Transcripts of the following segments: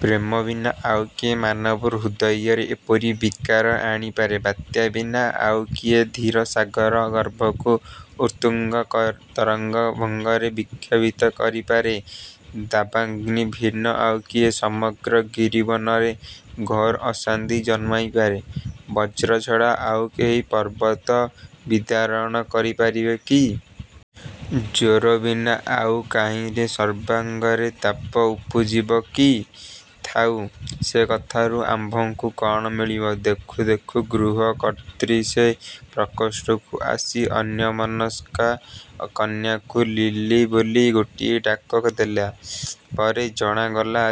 ପ୍ରେମ ବିନା ଆଉ କିଏ ମାନବହୃଦୟରେ ଏପରି ବିକାର ଆଣି ପାରେ? ବାତ୍ୟା ବିନା ଆଉ କିଏ ଧୀର ସାଗର ଗର୍ଭକୁ ଉତ୍ତୁଙ୍ଗତରଙ୍ଗଭଙ୍ଗରେ ବିକ୍ଷୋଭିତ କରି ପାରେ? ଦାବାଗ୍ନି ଭିନ୍ନ ଆଉ କିଏ ସମଗ୍ର ଗିରିବନରେ ଘୋର ଅଶାନ୍ତି ଜନ୍ମାଇ ପାରେ? ବଜ୍ର ଛଡ଼ା ଆଉ କେହି ପର୍ବତ ବିଦାରଣ କରି ପାରିବ କି? ଜ୍ୱର ବିନା ଆଉ କାହିଁରେ ସର୍ବାଙ୍ଗରେ ତାପ ଉପୁଜିବ କି? ଥାଉ, ସେ କଥାରୁ ଆମ୍ଭଙ୍କୁ କଣ ମିଳିବ? ଦେଖୁ ଦେଖୁ ଗୃହକର୍ତ୍ତ୍ରୀ ସେ ପ୍ରକୋଷ୍ଠକୁ ଆସି ଅନ୍ୟମନସ୍କା କନ୍ୟାକୁ 'ଲିଲି' ବୋଲି ଗୋଟିଏ ଡାକ ଦେଲେ। ପରେ ଜଣାଗଲା,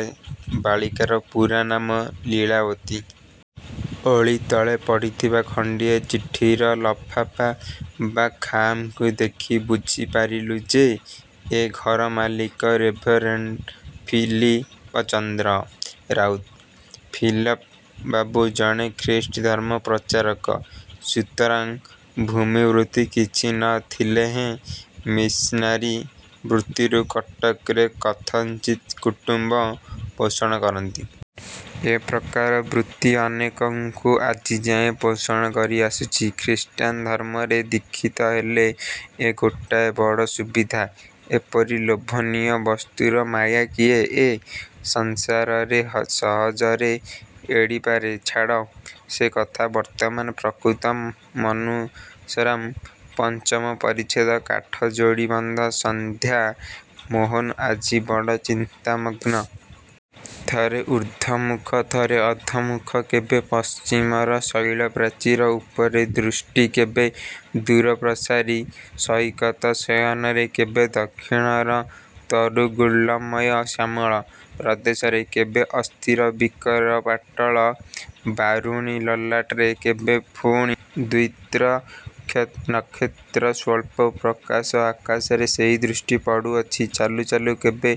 ବାଳିକାର ପୂରା ନାମ 'ଲୀଳାବତୀ'। ଓଳିତଳେ ପଡ଼ିଥିବା ଖଣ୍ଡିଏ ଚିଠିର ଲଫାପା ବା ଖାମକୁ ଦେଖି ବୁଝି ପାରିଲୁଁ ଯେ, ଏ ଘରର ମାଲିକ ରେଭରେଣ୍ଡ ଫିଲିପଚନ୍ଦ୍ର ରାଉତ। ଫିଲପ ବାବୁ ଜଣେ ଖ୍ରୀଷ୍ଟଧର୍ମ ପ୍ରଚାରକ। ସୁତରାଂ ଭୂମିବୃତ୍ତି କିଛି ନ ଥିଲେହେଁ ମିଶନାରୀ ବୃତ୍ତିରୁ କଟକରେ କଥଞ୍ଚିତ୍ କୁଟୁମ୍ୱ ପୋଷଣ କରନ୍ତି। ଏପ୍ରକାର ବୃତ୍ତି ଅନେକଙ୍କୁ ଆଜିଯାଏ ପୋଷଣ କରି ଆସୁଅଛି। ଖ୍ରୀଷ୍ଟାନଧର୍ମରେ ଦୀକ୍ଷିତ ହେଲେ ଏ ଗୋଟାଏ ବଡ଼ ସୁବିଧା! ଏପରି ଲୋଭନୀୟ ବସ୍ତୁର ମାୟା କିଏ ଏ ସଂସାରରେ ସହଜରେ ଏଡ଼ିପାରେ? ଛାଡ଼ ସେ କଥା ବର୍ତ୍ତମାନ 'ପ୍ରକୃତମନୁସରାମଃ'। ପଞ୍ଚମ ପରିଚ୍ଛେଦ କାଠଯୋଡ଼ୀବନ୍ଧ ସନ୍ଧ୍ୟା ମୋହନ ଆଜି ବଡ଼ ଚିନ୍ତାମଗ୍ନ। ଥରେ ଉର୍ଦ୍ଧ୍ୱମୁଖ, ଥରେ ଅଧୋମୁଖ। କେବେ ପଶ୍ଚିମର ଶୈଳପ୍ରାଚୀର ଉପରେ ଦୃଷ୍ଟି -କେବେ ଦୂରପ୍ରସାରି-ସୈକତଶୟନରେ କେବେ ଦକ୍ଷିଣର ତରୁଗୁଳ୍ମମୟ ଶ୍ୟାମଳ ପ୍ରଦେଶରେ କେବେ ଅସ୍ତରବିକରପାଟଳ ବାରୁଣୀଲଲାଟରେ କେବେ ପୁଣି ଦ୍ୱିତ୍ରନକ୍ଷତ୍ରମଣ୍ଡିତ ସ୍ୱଳ୍ପ ପ୍ରକାଶ ଆକାଶରେ ସେହି ଦୃଷ୍ଟି ପଡୁଅଛି। ଚାଲୁ ଚାଲୁ କେବେ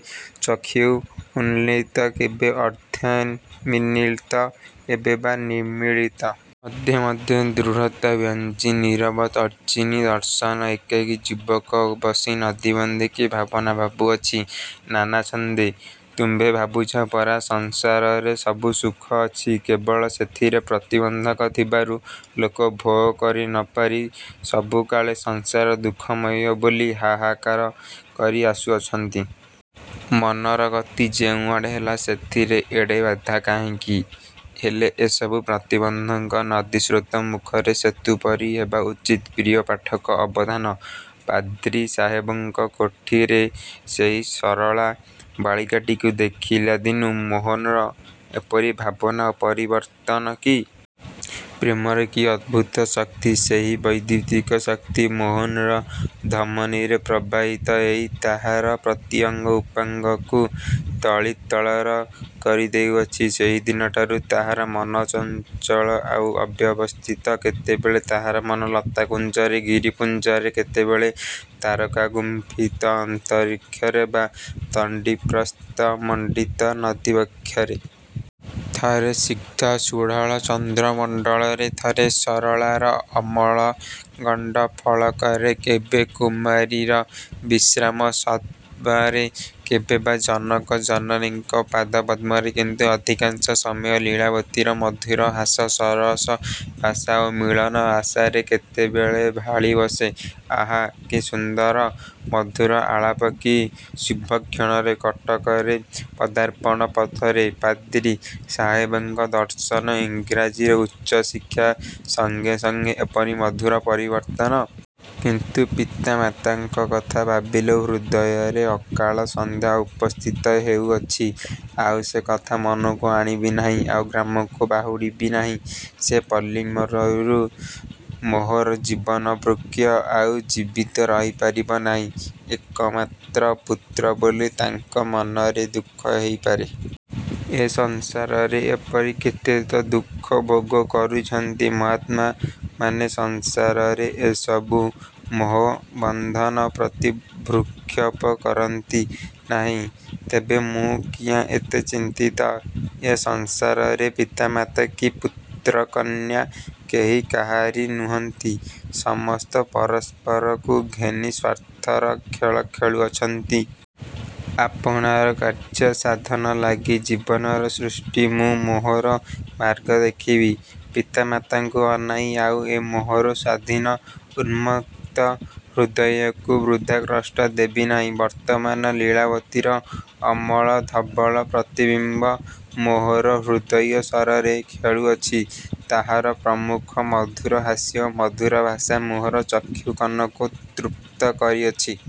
ଚକ୍ଷୁ ଉନ୍ମୀଳିତ କେବେ ଅର୍ଦ୍ଧମୀଳିତ କେବେ ବା ନିମୀଳିତ। ମଧ୍ୟେ ମଧ୍ୟେ ଦୃଢ଼ତାବ୍ୟଞ୍ଜୀ ନୀରବ ତର୍ଜନୀ ଦର୍ଶନ! ଏକାକୀ ଯୁବକ ବସି ନଦୀ ବନ୍ଧେ କି ଭାବନା ଭାବୁଅଛି ନାନାଛନ୍ଦେ! ତୁମ୍ଭେ ଭାବୁଛ ପରା ସଂସାରରେ ସବୁ ସୁଖ ଅଛି। କେବଳ ସେଥିରେ ପ୍ରତିବନ୍ଧକ ଥିବାରୁ ଲୋକେ ଭୋଗ କରି ନ ପାରି ସବୁକାଳେ 'ସଂସାର ଦୁଃଖମୟ' ବୋଲି ହାହାକାର କରିଆସୁଅଛନ୍ତି। ମନର ଗତି ଯେଉଁଆଡ଼େ ହେଲା, ସେଥିରେ ଏଡ଼େ ବାଧା କାହିଁକି? ହେଲେ ଏସବୁ ପ୍ରତିବନ୍ଧକ ନଦୀସ୍ରୋତମୁଖରେ ସେତୁ ପରି ହେବା ଉଚିତ। ପ୍ରିୟ ପାଠକ ଅବଧାନ! ପାଦ୍ରି ସାହେବଙ୍କ କୋଠିରେ ସେହି ସରଳା ବାଳିକାଟିକୁ ଦେଖିଲା ଦିନୁ ମୋହନର ଏପରି ଭାବନା ଓ ପରିବର୍ତ୍ତନ କି? ପ୍ରେମର କି ଅଦ୍ଭୁତ ଶକ୍ତି! ସେହି ବୈଦ୍ୟୁତିକ ଶକ୍ତି ମୋହନର ଧମନୀରେ ପ୍ରବାହିତ ହୋଇ ତାହାର ପ୍ରତି ଅଙ୍ଗ ଉପାଙ୍ଗକୁ ତଡ଼ିତ୍ତରଳ କରିଦେଉଅଛି। ସେହିଦିନଠାରୁ ତାହାର ମନ ଚଞ୍ଚଳ ଆଉ ଅବ୍ୟବସ୍ଥିତ। କେତେବେଳେ ତାହାର ମନ ଲତାକୁଞ୍ଜରେ-ଗିରିପୁଞ୍ଜରେ, କେତେବେଳେ ତାରକାଗୁମ୍ପିତ ଅନ୍ତରୀକ୍ଷରେ ବା ତଣ୍ଡିପ୍ରସ୍ଥମଣ୍ଡିତ ନଦୀବକ୍ଷରେ। ଥରେ ସ୍ନିଗ୍ଧ ସୁଢଳ ଚନ୍ଦ୍ରମଣ୍ଡଳରେ ଥରେ ସରଳାର ଅମଳଗଣ୍ଡଫଳକରେ। କେବେ କୁମାରୀର ବିଶ୍ରାମସଦ୍ମରେ, କେବେ ବା ଜନକ-ଜନନୀଙ୍କ ପାଦପଦ୍ମରେ। କିନ୍ତୁ ଅଧିକାଂଶ ସମୟ ଲୀଳାବତୀର ମଧୁର ହାସ, ସରସଭାଷା ଓ ମିଳନ ଆଶାରେ। କେତେବେଳେ ଭାଳି ବସେ, ''ଆହା! କି ସୁନ୍ଦର ମଧୁର ଆଳାପ! କି ଶୁଭକ୍ଷଣରେ କଟକରେ ପଦାର୍ପଣ-ପଥରେ ପାଦ୍ରୀ ସାହେବଙ୍କ ଦର୍ଶନ ଇଂରାଜୀରେ ଉଚ୍ଚ ଶିକ୍ଷା ସଙ୍ଗେ ସଙ୍ଗେ ଏପରି ମଧୁର ପରିବର୍ତ୍ତନ। କିନ୍ତୁ ପିତା ମାତାଙ୍କ କଥା ଭାବିଲେ ହୃଦୟରେ ଅକାଳ ସନ୍ଧ୍ୟା ଉପସ୍ଥିତ ହେଉଅଛି! ଆଉ ସେ କଥା ମନକୁ ଆଣିବି ନାହିଁ ଆଉ ଗ୍ରାମକୁ ବାହୁଡ଼ିବି ନାହିଁ। ସେ ପଲ୍ଲୀମରୁରେ ମୋହର ଜୀବନବୃକ୍ଷ ଆଉ ଜୀବିତ ରହିପାରିବ ନାହିଁ। ଏକମାତ୍ର ପୁତ୍ର ବୋଲି ତାଙ୍କ ମନରେ ଦୁଃଖ ହୋଇପାରେ। ଏ ସଂସାରରେ ଏହିପରି କେତେ ତ ଦୁଃଖ ଭୋଗ କରୁଛନ୍ତି। ମହାତ୍ମାମାନେ ସଂସାରରେ ଏ ସବୁ ମୋହବନ୍ଧନ ପ୍ରତି ଭ୍ରୂକ୍ଷେପ କରନ୍ତି ନାହିଁ। ତେବେ ମୁଁ କିଆଁ ଏତେ ଚିନ୍ତିତ? ଏ ସଂସାରରେ ପିତାମାତା କି ପୁତ୍ରକନ୍ୟା କେହି କାହାରି ନୁହଁନ୍ତି। ସମସ୍ତେ ପରସ୍ପରକୁ ଘେନି ସ୍ୱାର୍ଥର ଖେଳ ଖେଳୁଅଛନ୍ତି। ଆପଣାର କାର୍ଯ୍ୟ ସାଧନଲାଗି ଜୀବର ସୃଷ୍ଟି। ମୁଁ ମୋହର ମାର୍ଗ ଦେଖିବି! ପିତା ମାତାଙ୍କୁ ଅନାଇ ଆଉ ଏ ମୋହର ସ୍ୱାଧୀନ ଉନ୍ମୁକ୍ତ ହୃଦୟକୁ ବୃଥା କଷ୍ଟ ଦେବି ନାହିଁ। ବର୍ତ୍ତମାନ ଲୀଳାବତୀର ଅମଳ ଧବଳ ପ୍ରତିବିମ୍ୱ ମୋହର ହୃଦୟ-ସରରେ ଖେଳୁଅଛି। ତାହାର ମୁଖର ମଧୁର ହାସ୍ୟ ଓ ମଧୁର ଭାଷା ମୋହର ଚକ୍ଷୁ କର୍ଣ୍ଣକୁ ତୃପ୍ତ କରିଅଛି।